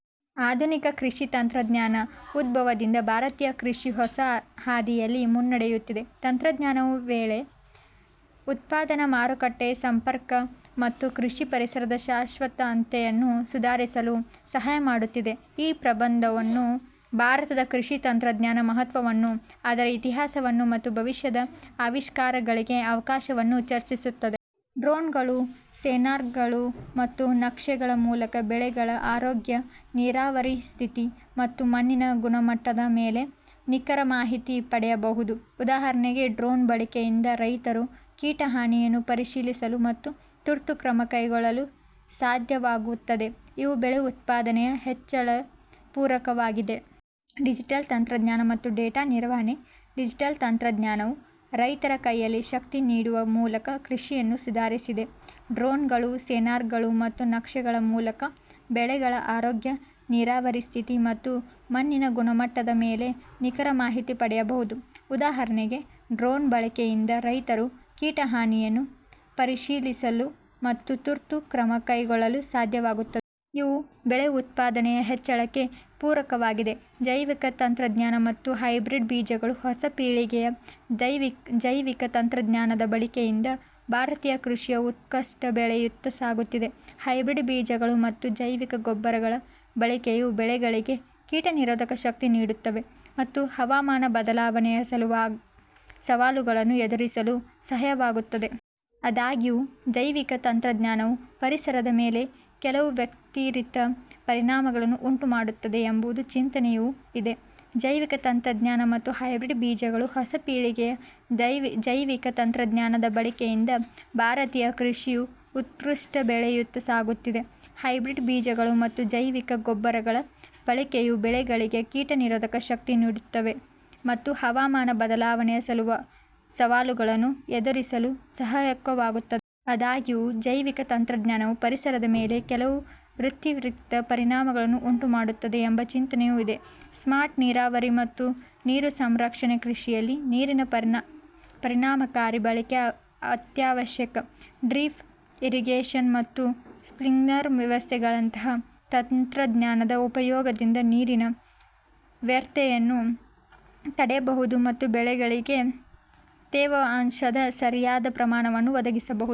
ಆಧುನಿಕ ಕೃಷಿ ತಂತ್ರಜ್ಞಾನದ ಉದ್ಭವದಿಂದ, ಭಾರತೀಯ ಕೃಷಿ ಹೊಸ ಹಾದಿಯಲ್ಲಿ ಮುನ್ನಡೆಯುತ್ತಿದೆ. ತಂತ್ರಜ್ಞಾನವು ಬೆಳೆ ಉತ್ಪಾದನೆ, ಮಾರುಕಟ್ಟೆ ಸಂಪರ್ಕ, ಮತ್ತು ಕೃಷಿ ಪರಿಸರದ ಶಾಶ್ವತತೆಯನ್ನು ಸುಧಾರಿಸಲು ಸಹಾಯ ಮಾಡುತ್ತಿದೆ. ಈ ಪ್ರಬಂಧವು ಭಾರತದ ಕೃಷಿ ತಂತ್ರಜ್ಞಾನದ ಮಹತ್ವವನ್ನು, ಅದರ ಇತಿಹಾಸವನ್ನು, ಮತ್ತು ಭವಿಷ್ಯದ ಆವಿಷ್ಕಾರಗಳಿಗೆ ಅವಕಾಶವನ್ನು ಚರ್ಚಿಸುತ್ತದೆ. ಡ್ರೋನ್ಗಳು, ಸೆನ್ಸಾರ್ಗಳು, ಮತ್ತು ನಕ್ಷೆಗಳ ಮೂಲಕ ಬೆಳೆಗಳ ಆರೋಗ್ಯ, ನೀರಾವರಿ ಸ್ಥಿತಿ, ಮತ್ತು ಮಣ್ಣಿನ ಗುಣಮಟ್ಟದ ಮೇಲೆ ನಿಖರ ಮಾಹಿತಿ ಪಡೆಯಬಹುದು. ಉದಾಹರಣೆಗೆ, ಡ್ರೋನ್ ಬಳಕೆಯಿಂದ ರೈತರು ಕೀಟ ಹಾನಿಯನ್ನು ಪರಿಶೀಲಿಸಲು ಮತ್ತು ತುರ್ತು ಕ್ರಮ ಕೈಗೊಳ್ಳಲು ಸಾಧ್ಯವಾಗುತ್ತದೆ. ಇವು ಬೆಳೆ ಉತ್ಪಾದನೆಯ ಹೆಚ್ಚಳಕ್ಕೆ ಪೂರಕವಾಗಿದೆ. ಡಿಜಿಟಲ್ ತಂತ್ರಜ್ಞಾನ ಮತ್ತು ಡೇಟಾ ನಿರ್ವಹಣೆ ಡಿಜಿಟಲ್ ತಂತ್ರಜ್ಞಾನವು ರೈತರ ಕೈಯಲ್ಲಿ ಶಕ್ತಿ ನೀಡುವ ಮೂಲಕ ಕೃಷಿಯನ್ನು ಸುಧಾರಿಸಿದೆ. ಡ್ರೋನ್ಗಳು, ಸೆನ್ಸಾರ್ಗಳು, ಮತ್ತು ನಕ್ಷೆಗಳ ಮೂಲಕ ಬೆಳೆಗಳ ಆರೋಗ್ಯ, ನೀರಾವರಿ ಸ್ಥಿತಿ, ಮತ್ತು ಮಣ್ಣಿನ ಗುಣಮಟ್ಟದ ಮೇಲೆ ನಿಖರ ಮಾಹಿತಿ ಪಡೆಯಬಹುದು. ಉದಾಹರಣೆಗೆ, ಡ್ರೋನ್ ಬಳಕೆಯಿಂದ ರೈತರು ಕೀಟ ಹಾನಿಯನ್ನು ಪರಿಶೀಲಿಸಲು ಮತ್ತು ತುರ್ತು ಕ್ರಮ ಕೈಗೊಳ್ಳಲು ಸಾಧ್ಯವಾಗುತ್ತದೆ. ಇವು ಬೆಳೆ ಉತ್ಪಾದನೆಯ ಹೆಚ್ಚಳಕ್ಕೆ ಪೂರಕವಾಗಿದೆ. ಜೈವಿಕ ತಂತ್ರಜ್ಞಾನ ಮತ್ತು ಹೈಬ್ರಿಡ್ ಬೀಜಗಳು ಹೊಸ ಪೀಳಿಗೆಯ ಜೈವಿಕ ತಂತ್ರಜ್ಞಾನದ ಬಳಕೆಯಿಂದ, ಭಾರತೀಯ ಕೃಷಿಯು ಉತ್ಕೃಷ್ಟ ಬೆಳೆಯತ್ತ ಸಾಗುತ್ತಿದೆ. ಹೈಬ್ರಿಡ್ ಬೀಜಗಳು ಮತ್ತು ಜೈವಿಕ ಗೊಬ್ಬರಗಳ ಬಳಕೆಯು ಬೆಳೆಗಳಿಗೆ ಕೀಟ ನಿರೋಧಕ ಶಕ್ತಿ ನೀಡುತ್ತಿವೆ, ಮತ್ತು ಹವಾಮಾನ ಬದಲಾವಣೆಯ ಸವಾಲುಗಳನ್ನು ಎದುರಿಸಲು ಸಹಾಯಕವಾಗುತ್ತವೆ. ಆದಾಗ್ಯೂ, ಜೈವಿಕ ತಂತ್ರಜ್ಞಾನವು ಪರಿಸರದ ಮೇಲೆ ಕೆಲವು ವ್ಯತಿರಿಕ್ತ ಪರಿಣಾಮಗಳನ್ನು ಉಂಟುಮಾಡುತ್ತದೆ ಎಂಬ ಚಿಂತನೆಯೂ ಇದೆ. ಜೈವಿಕ ತಂತ್ರಜ್ಞಾನ ಮತ್ತು ಹೈಬ್ರಿಡ್ ಬೀಜಗಳು ಹೊಸ ಪೀಳಿಗೆಯ ಜೈವಿಕ ತಂತ್ರಜ್ಞಾನದ ಬಳಕೆಯಿಂದ, ಭಾರತೀಯ ಕೃಷಿಯು ಉತ್ಕೃಷ್ಟ ಬೆಳೆಯತ್ತ ಸಾಗುತ್ತಿದೆ. ಹೈಬ್ರಿಡ್ ಬೀಜಗಳು ಮತ್ತು ಜೈವಿಕ ಗೊಬ್ಬರಗಳ ಬಳಕೆಯು ಬೆಳೆಗಳಿಗೆ ಕೀಟ ನಿರೋಧಕ ಶಕ್ತಿ ನೀಡುತ್ತಿವೆ, ಮತ್ತು ಹವಾಮಾನ ಬದಲಾವಣೆಯ ಸವಾಲುಗಳನ್ನು ಎದುರಿಸಲು ಸಹಾಯಕವಾಗುತ್ತವೆ. ಆದಾಗ್ಯೂ, ಜೈವಿಕ ತಂತ್ರಜ್ಞಾನವು ಪರಿಸರದ ಮೇಲೆ ಕೆಲವು ವ್ಯತಿರಿಕ್ತ ಪರಿಣಾಮಗಳನ್ನು ಉಂಟುಮಾಡುತ್ತದೆ ಎಂಬ ಚಿಂತನೆಯೂ ಇದೆ. ಸ್ಮಾರ್ಟ್ ನೀರಾವರಿ ಮತ್ತು ನೀರು ಸಂರಕ್ಷಣೆ ಕೃಷಿಯಲ್ಲಿ ನೀರಿನ ಪರಿಣಾಮಕಾರಿ ಬಳಕೆ ಅತ್ಯಾವಶ್ಯಕ. ಡ್ರಿಪ್ ಇರಿಗೇಶನ್ ಮತ್ತು ಸ್ಪ್ರಿಂಕ್ಲರ್ ವ್ಯವಸ್ಥೆಗಳಂತಹ ತಂತ್ರಜ್ಞಾನದ ಉಪಯೋಗದಿಂದ, ನೀರಿನ ವ್ಯರ್ಥತೆಯನ್ನು ತಡೆಯಬಹುದು ಮತ್ತು ಬೆಳೆಗಳಿಗೆ ತೇವಾಂಶದ ಸರಿಯಾದ ಪ್ರಮಾಣವನ್ನು ಒದಗಿಸಬಹುದು.